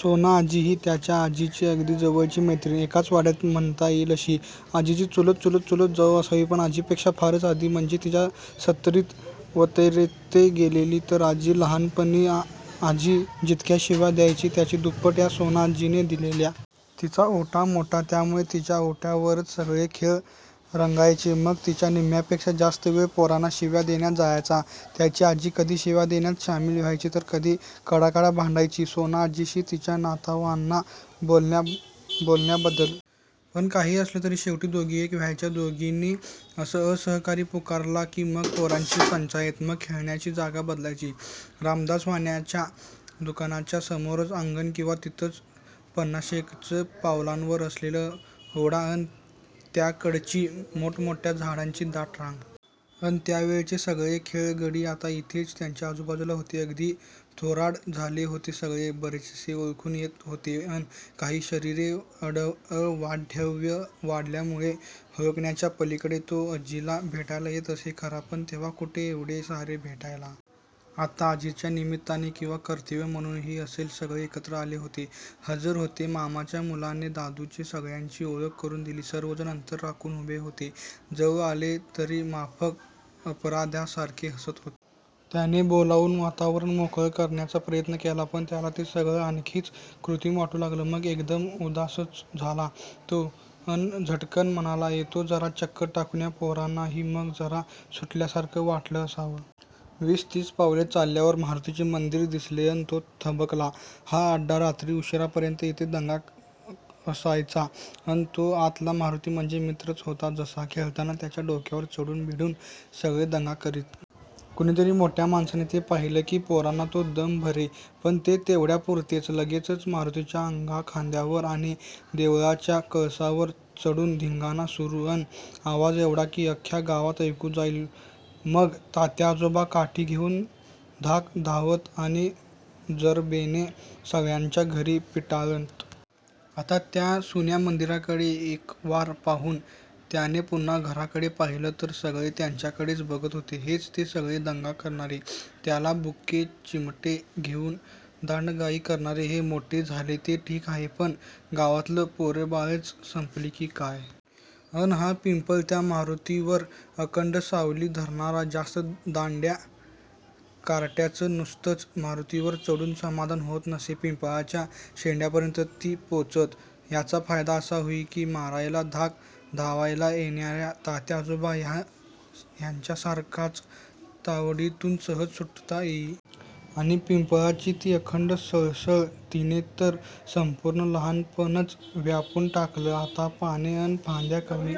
सोनाआजी ही त्याच्या आजीची अगदी जवळची मैत्रीण. एकाच वाड्यातली म्हणता येइल अशी. आजीची चुलत-चुलत-चुलत जाऊ असावी. पण आजीपेक्षा फारच आधी म्हणजे तिच्या सत्तरीत वगैरेतच गेलेली. तर आजी लहाणपणी आजी जितक्या शिव्या द्यायची, त्याच्या दुप्पट या सोनाआज्जीने दिलेल्या. तिचा ओटा मोठा, त्यामूळे तिच्या ओट्यावरच सगळे खेळ रंगायचे. मग तिचा निम्म्यापेक्षा जास्त वेळ पोरांना शिव्या देण्यात जायचा. त्याची आजी कधी शिव्या देण्यात सामील व्हायची, तर कधी कडाकडा भांडायची सोनाआजीशी. तिच्या नातवांना बोलल्याबद्दल. पण काहीही असलं, तरी शेवटी दोघी एक व्हायच्या. दोघींनी असा असहकार पुकारला, की मग पोरांची पंचाईत. मग खेळण्याची जागा बदलायची. रामदास वाण्याच्य़ा दुकानाच्या समोरचं अंगण, किंवा तिथनं पन्नासेकच पावलांवर असलेला ओढा अन त्याकडेची मोठमोठ्या झाडांची दाट रांग. अन त्यावेळचे सगळे खेळगडी आता इथेच त्याच्या आजूबाजूला होते. अगदी थोराड झाले होते सगळे. बरेचसे ओळखू येत होते, अन काही शरीरे अवाढव्य वाढल्यामूळे ओळखण्याच्या पलीकडे. तो आजीला भेटायला येत असे खरा, पण तेव्हा कुठे एवढे सारे भेटायला. आता आजीच्या निमित्ताने किंवा कर्तव्य म्हणूनही असेल, सगळे एकत्र आले होते, हजर होते. मामाच्या मुलाने, दादूने सगळ्यांची ओळख करून दिली. सर्व जण अंतर राखून उभे होते. जवळ आले, तरी माफक, अपराध्यासारखे हसत होते. त्याने बोलून वातावरण मोकळं करण्याचा प्रयत्न केला, पण त्याला ते सगळं आणखीच कृत्रिम वाटू लागलं. मग एकदम उदासच झाला तो, अन झटकन म्हणाला, येतो जरा चक्कर टाकून. त्या पोरांनाही मग जरा सुटल्यासारखे वाटलं असावं! वीस तीस पावले चालल्यावर मारूतीचे मंदीर दिसले अन तो थबकला. हा अड्डा. रात्री उशीरापर्यंत इथे दंगा असायचा. अन तो आतला मारूती म्हणजे मित्रच होता जसा. खेळताना त्याच्या डोक्यावर चढून बिढून सगळे दंगा करीत. कुणीतरी मोठ्या माणसाने ते पाहिले, की पोरांना तो दम भरे, पण ते तेवढ्यापूरतेच. लगेचच मारूतीच्या अंगाखांद्यावर आणि देवळाच्या कळसावर चढून धिंगाणा सुरू. अन आवाज एवढा, की अख्ख्या गावात ऐकू जाई. मग तात्याआजोबा काठी घेऊन धाक दाखवत आणि जरबेने सगळ्यांना घरी पिटाळत. आता त्या सुन्या मंदीराकडे एकवार पाहून त्याने पुन्हा घराकडे पाहिले, तर सगळे त्याच्याकडेच बघत होते. हेच ते सगळे दंगा करणारे, त्याला बुक्के, चिमटे घेऊन दांडगाई करणारे. हे मोठे झाले, ते ठीक आहे, पण गावातली पोरेबाळेच संपली की काय? अन हा पिंपळ. त्या मारूतीवर अखंड सावली धरणारा. जास्त दांडग्या कार्ट्यांचं नुसतंच मारूतीवर चढून समाधान होत नसे. पिंपळाच्या शेंड्यापर्यंत ती पोचत. याचा फायदा असा होई, की मारायला, धाक दाखवायला येणाया तात्याआजोबा सारख्यांच्या तावडीतून सहज सुटता येई. आणि पिंपळाची ती अखंड सळसळ. तिने तर संपूर्ण लहाणपणच व्यापून टाकलं. आता पाने अन फांद्या कमी--